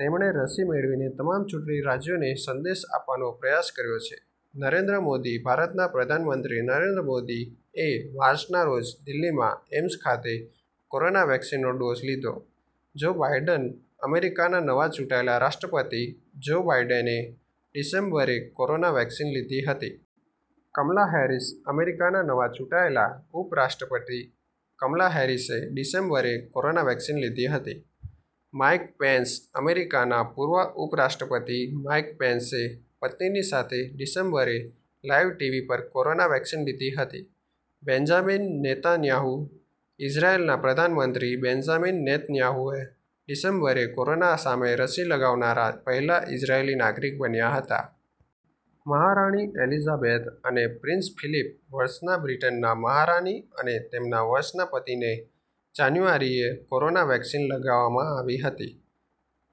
તેમણે રસી મેળવીને તમામ ચૂંટણી રાજ્યોને સંદેશ આપવાનો પ્રયાસ કર્યો છે.. નરેન્દ્ર મોદી ભારતના પ્રધાનમંત્રી નરેન્દ્ર મોદી એ માર્ચ ના રોજ દિલ્લીમાં એઈમ્સ ખાતે કોરોના વેક્સીનનો ડોઝ લીધો.. જો બાઈડેન અમેરિકાના નવા ચૂંટાયેલા રાષ્ટ્રપતિ જો બાઈડેને ડિસેમ્બરે કોરોના વેક્સીન લીધી હતી.. કમલા હેરિસ અમેરિકાના નવા ચૂંટાયેલા ઉપરાષ્ટ્રપતિ કમલા હેરિસે ડિસેમ્બરે કોરોના વેક્સીન લીધી હતી.. માઈક પેન્સ અમેરિકાના પૂર્વ ઉપરાષ્ટ્રપતિ માઈક પેન્સે પત્નીની સાથે ડિસેમ્બરે લાઈવ ટીવી પર કોરોના વેક્સીન લીધી હતી.. બેન્ઝામીન નેતન્યાહૂ ઈઝરાયલના પ્રધાનમંત્રી બેન્ઝામીન નેતન્યાહૂએ ડિસેમ્બરે કોરોના સામે રસી લગાવનારા પહેલા ઈઝરાયલી નાગરિક બન્યા હતા.. મહારાણી એલિઝાબેઝ અને પ્રિન્સ ફિલિપ વર્ષના બ્રિટનના મહારાણી અને તેમના વર્ષના પતિને જાન્યુઆરીએ કોરોના વેક્સીન લગાવવામાં આવી હતી.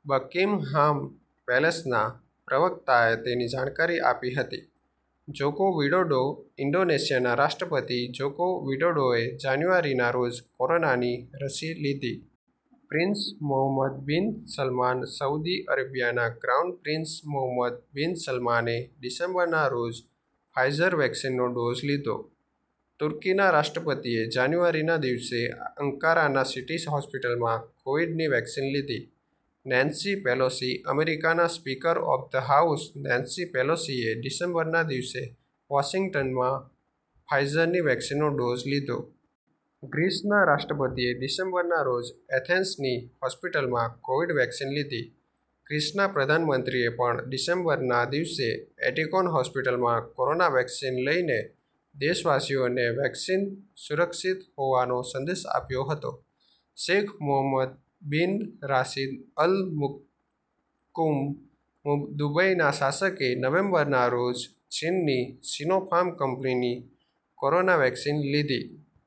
બકિંગહામ પેલેસના પ્રવક્તાએ તેની જાણકારી આપી હતી.. જોકો વિડોડો ઈન્ડોનેશિયાના રાષ્ટ્રપતિ જોકો વિડોડોએ જાન્યુઆરી ના રોજ કોરોનાની રસી લીધી.. prince Mohammed bin Salman Saudi અરેબિયાના ક્રાઉન પ્રિન્સ મોહમ્મદ બિન સલમાને ડિસેમ્બર ના રોજ ફાઈઝર વેક્સીનનો ડોઝ લીધો.. તુર્કીના રાષ્ટ્રપતિએ જાન્યુઆરી ના દિવસે અંકારાના સિટી હોસ્પિટલમાં કોવિડ- ની વેક્સીન લીધી.. નેન્સી પેલોસી અમેરિકાના speaker of the house Nancy પેલોસીએ ડિસેમ્બર ના દિવસે વોશિંગ્ટનમાં ફાઈઝરની વેક્સીનનો ડોઝ લીધો.. ગ્રીસના રાષ્ટ્રપતિએ ડિસેમ્બર ના રોજ એથેન્સની હોસ્પિટલમાં કોવિડ- વેક્સીન લીધી.. ગ્રીસના પ્રધાનમંત્રીએ પણ ડિસેમ્બરના દિવસે એટિકોન હોસ્પિટલમાં કોરોના વેક્સીન લઈને દેશવાસીઓને વેક્સીન સુરક્ષિત હોવાનો સંદેશ આપ્યો હતો.. શેખ મોહમ્મદ બિન રાશિદ અલ મુત્કુમ દુબઈના શાસકે નવેમ્બરે ના રોજ ચીનની સિનોફાર્મ કંપનીની કોરોના વેક્સીન લીધી.